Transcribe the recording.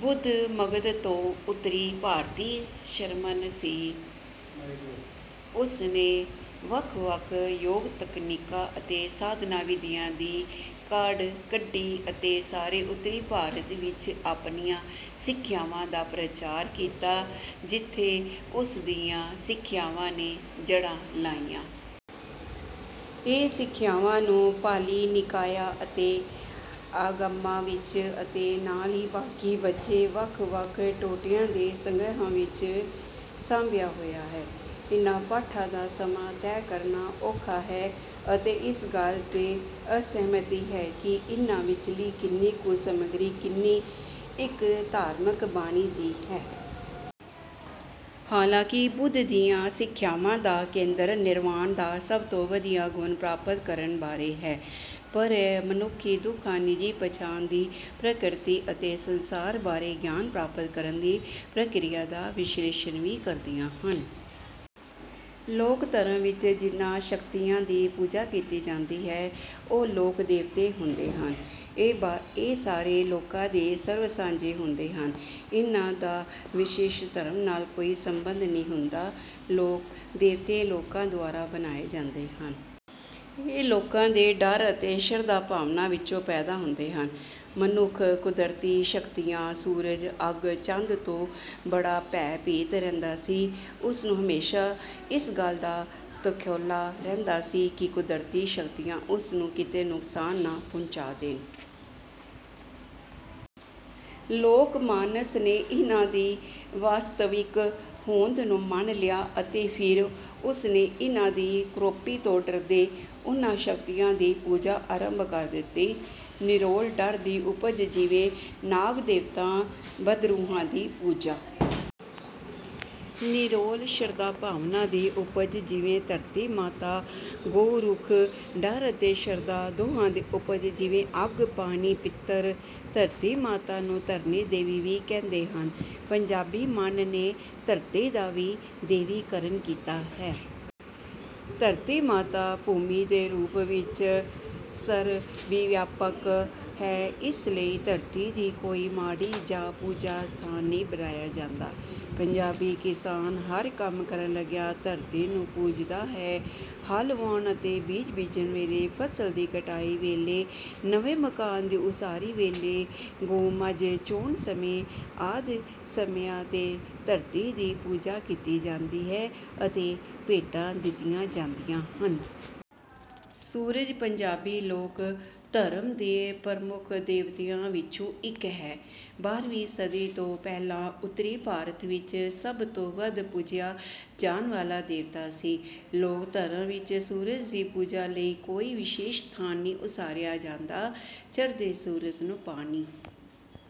ਬੁੱਧ ਮਗਧ ਤੋਂ ਉੱਤਰੀ ਭਾਰਤੀ ਸ਼ਰਮਣ ਸੀ। ਉਸ ਨੇ ਵੱਖ ਵੱਖ ਯੋਗ ਤਕਨੀਕਾਂ ਅਤੇ ਸਾਧਨਾ ਵਿਧੀਆਂ ਦੀ ਕਾਢ ਕੱਢੀ ਅਤੇ ਸਾਰੇ ਉੱਤਰੀ ਭਾਰਤ ਵਿੱਚ ਆਪਣੀਆਂ ਸਿੱਖਿਆਵਾਂ ਦਾ ਪ੍ਰਚਾਰ ਕੀਤਾ ਜਿੱਥੇ ਉਸ ਦੀਆਂ ਸਿੱਖਿਆਵਾਂ ਨੇ ਜੜ੍ਹਾਂ ਲਾਈਆਂ। ਇਹ ਸਿੱਖਿਆਵਾਂ ਨੂੰ ਪਾਲੀ ਨਿਕਾਇਆਂ ਅਤੇ ਆਗਮਾਂ ਵਿੱਚ ਅਤੇ ਨਾਲ ਹੀ ਬਾਕੀ ਬਚੇ ਵੱਖ ਵੱਖ ਟੋਟਿਆਂ ਦੇ ਸੰਗ੍ਰਿਹਾਂ ਵਿੱਚ ਸਾਂਭਿਆ ਹੋਇਆ ਹੈ। ਇਹਨਾਂ ਪਾਠਾਂ ਦਾ ਸਮਾਂ ਤੈਅ ਕਰਨਾ ਔਖਾ ਹੈ ਅਤੇ ਇਸ ਗੱਲ ਤੇ ਅਸਹਿਮਤੀ ਹੈ ਕਿ ਇਨ੍ਹਾਂ ਵਿੱਚਲੀ ਕਿੰਨੀ ਕੁ ਸਮੱਗਰੀ ਕਿੰਨੀ ਇੱਕ ਧਾਰਮਿਕ ਬਾਣੀ ਦੀ ਹੈ। ਹਾਲਾਂਕਿ ਬੁੱਧ ਦੀਆਂ ਸਿੱਖਿਆਵਾਂ ਦਾ ਕੇਂਦਰ ਨਿਰਵਾਣ ਦਾ ਸਭ ਤੋਂ ਵਧੀਆ ਗੁਣ ਪ੍ਰਾਪਤ ਕਰਨ ਬਾਰੇ ਹੈ ਪਰ ਇਹ ਮਨੁੱਖੀ ਦੁੱਖਾਂ ਨਿੱਜੀ ਪਛਾਣ ਦੀ ਪ੍ਰਕਿਰਤੀ ਅਤੇ ਸੰਸਾਰ ਬਾਰੇ ਗਿਆਨ ਪ੍ਰਾਪਤ ਕਰਨ ਦੀ ਪ੍ਰਕਿਰਿਆ ਦਾ ਵਿਸ਼ਲੇਸ਼ਣ ਵੀ ਕਰਦੀਆਂ ਹਨ। ਲੋਕ ਧਰਮ ਵਿੱਚ ਜਿਨ੍ਹਾਂ ਸ਼ਕਤੀਆਂ ਦੀ ਪੂਜਾ ਕੀਤੀ ਜਾਂਦੀ ਹੈ ਉਹ ਲੋਕ ਦੇਵਤੇ ਹੁੰਦੇ ਹਨ। ਇਹ ਸਾਰੇ ਲੋਕਾਂ ਦੇ ਸਰਬ ਸਾਂਝੇ ਹੁੰਦੇ ਹਨ ਇਹਨਾਂ ਦਾ ਵਿਸ਼ਿਸ਼ਟ ਧਰਮ ਨਾਲ ਕੋਈ ਸੰਬੰਧ ਨਹੀਂ ਹੁੰਦਾ। ਲੋਕ ਦੇਵਤੇ ਲੋਕਾਂ ਦੁਆਰਾ ਬਣਾਏ ਜਾਂਦੇ ਹਨ। ਇਹ ਲੋਕਾਂ ਦੇ ਡਰ ਅਤੇ ਸ਼ਰਧਾ ਭਾਵਨਾ ਵਿੱਚੋਂ ਪੈਦਾ ਹੁੰਦੇ ਹਨ। ਮਨੁੱਖ ਕੁਦਰਤੀ ਸ਼ਕਤੀਆਂ ਸੂਰਜ ਅੱਗ ਚੰਦ ਤੋਂ ਬੜਾ ਭੈ ਭੀਤ ਰਹਿੰਦਾ ਸੀ। ਉਸਨੂੰ ਹਮੇਸ਼ਾ ਇਸ ਗੱਲ ਦਾ ਤੌਖਲਾ ਰਹਿੰਦਾ ਸੀ ਕਿ ਕੁਦਰਤੀ ਸ਼ਕਤੀਆਂ ਉਸ ਨੂੰ ਕਿਤੇ ਨੁਕਸਾਨ ਨਾ ਪਹੁੰਚਾ ਦੇਣ। ਲੋਕ ਮਾਨਸ ਨੇ ਇਹਨਾਂ ਦੀ ਵਾਸਤਵਿਕ ਹੋਂਦ ਨੂੰ ਮੰਨ ਲਿਆ ਅਤੇ ਫਿਰ ਉਸ ਨੇ ਇਨ੍ਹਾਂ ਦੀ ਕ੍ਰੋਪੀ ਤੋਂ ਡਰਦੇ ਉਹਨਾਂ ਸ਼ਕਤੀਆਂ ਦੀ ਪੂਜਾ ਆਰੰਭ ਕਰ ਦਿੱਤੀ। ਨਿਰੋਲ ਡਰ ਦੀ ਉਪਜ ਜਿਵੇਂ ਨਾਗ ਦੇਵਤਾ ਬਦਰੂਹਾਂ ਦੀ ਪੂਜਾ। ਨਿਰੋਲ ਸ਼ਰਧਾ ਭਾਵਨਾ ਦੀ ਉਪਜ ਜਿਵੇਂ ਧਰਤੀ ਮਾਤਾ ਗਊ ਰੁੱਖ। ਡਰ ਅਤੇ ਸ਼ਰਧਾ ਦੋਹਾਂ ਦੀ ਉਪਜ ਜਿਵੇਂ ਅੱਗ ਪਾਣੀ ਪਿੱਤਰ। ਧਰਤੀ ਮਾਤਾ ਨੂੰ ਧਰਨੀ ਦੇਵੀ ਵੀ ਕਹਿੰਦੇ ਹਨ। ਪੰਜਾਬੀ ਮਨ ਨੇ ਧਰਤੀ ਦਾ ਵੀ ਦੈਵੀਕਰਨ ਕੀਤਾ ਹੈ। ਧਰਤੀ ਮਾਤਾ ਭੂਮੀ ਦੇ ਰੂਪ ਵਿੱਚ ਸਰਵਵਿਆਪਕ ਹੈ ਇਸ ਲਈ ਧਰਤੀ ਦੀ ਕੋਈ ਮਾੜੀ ਜਾਂ ਪੂਜਾ ਸਥਾਨ ਨਹੀਂ ਬਣਾਇਆ ਜਾਂਦਾ। ਪੰਜਾਬੀ ਕਿਸਾਨ ਹਰ ਕੰਮ ਕਰਨ ਲੱਗਿਆ ਧਰਤੀ ਨੂੰ ਪੂਜਦਾ ਹੈ। ਹਲ ਵਾਹੁਣ ਅਤੇ ਬੀਜ ਬੀਜਣ ਵੇਲੇ ਫਸਲ ਦੀ ਕਟਾਈ ਵੇਲੇ ਨਵੇਂ ਮਕਾਨ ਦੀ ਉਸਾਰੀ ਵੇਲੇ ਗਊ ਮੱਝ ਚੋਣ ਸਮੇਂ ਆਦਿ ਸਮਿਆਂ ਤੇ ਧਰਤੀ ਦੀ ਪੂਜਾ ਕੀਤੀ ਜਾਂਦੀ ਹੈ ਅਤੇ ਭੇਟਾਂ ਦਿੱਤੀਆਂ ਜਾਂਦੀਆਂ ਹਨ। ਸੂਰਜ ਪੰਜਾਬੀ ਲੋਕ ਧਰਮ ਦੇ ਪ੍ਰਮੁੱਖ ਦੇਵਤਿਆਂ ਵਿੱਚੋਂ ਇੱਕ ਹੈ। ਬਾਰ੍ਹਵੀਂ ਸਦੀ ਤੋਂ ਪਹਿਲਾਂ ਉੱਤਰੀ ਭਾਰਤ ਵਿੱਚ ਸਭ ਤੋਂ ਵੱਧ ਪੂਜਿਆ ਜਾਣ ਵਾਲਾ ਦੇਵਤਾ ਸੀ। ਲੋਕ ਧਰਮ ਵਿੱਚ ਸੂਰਜ ਦੀ ਪੂਜਾ ਲਈ ਕੋਈ ਵਿਸ਼ੇਸ਼ ਸਥਾਨ ਨਹੀਂ ਉਸਾਰਿਆ ਜਾਂਦਾ। ਚੜ੍ਹਦੇ ਸੂਰਜ ਨੂੰ ਪਾਣੀ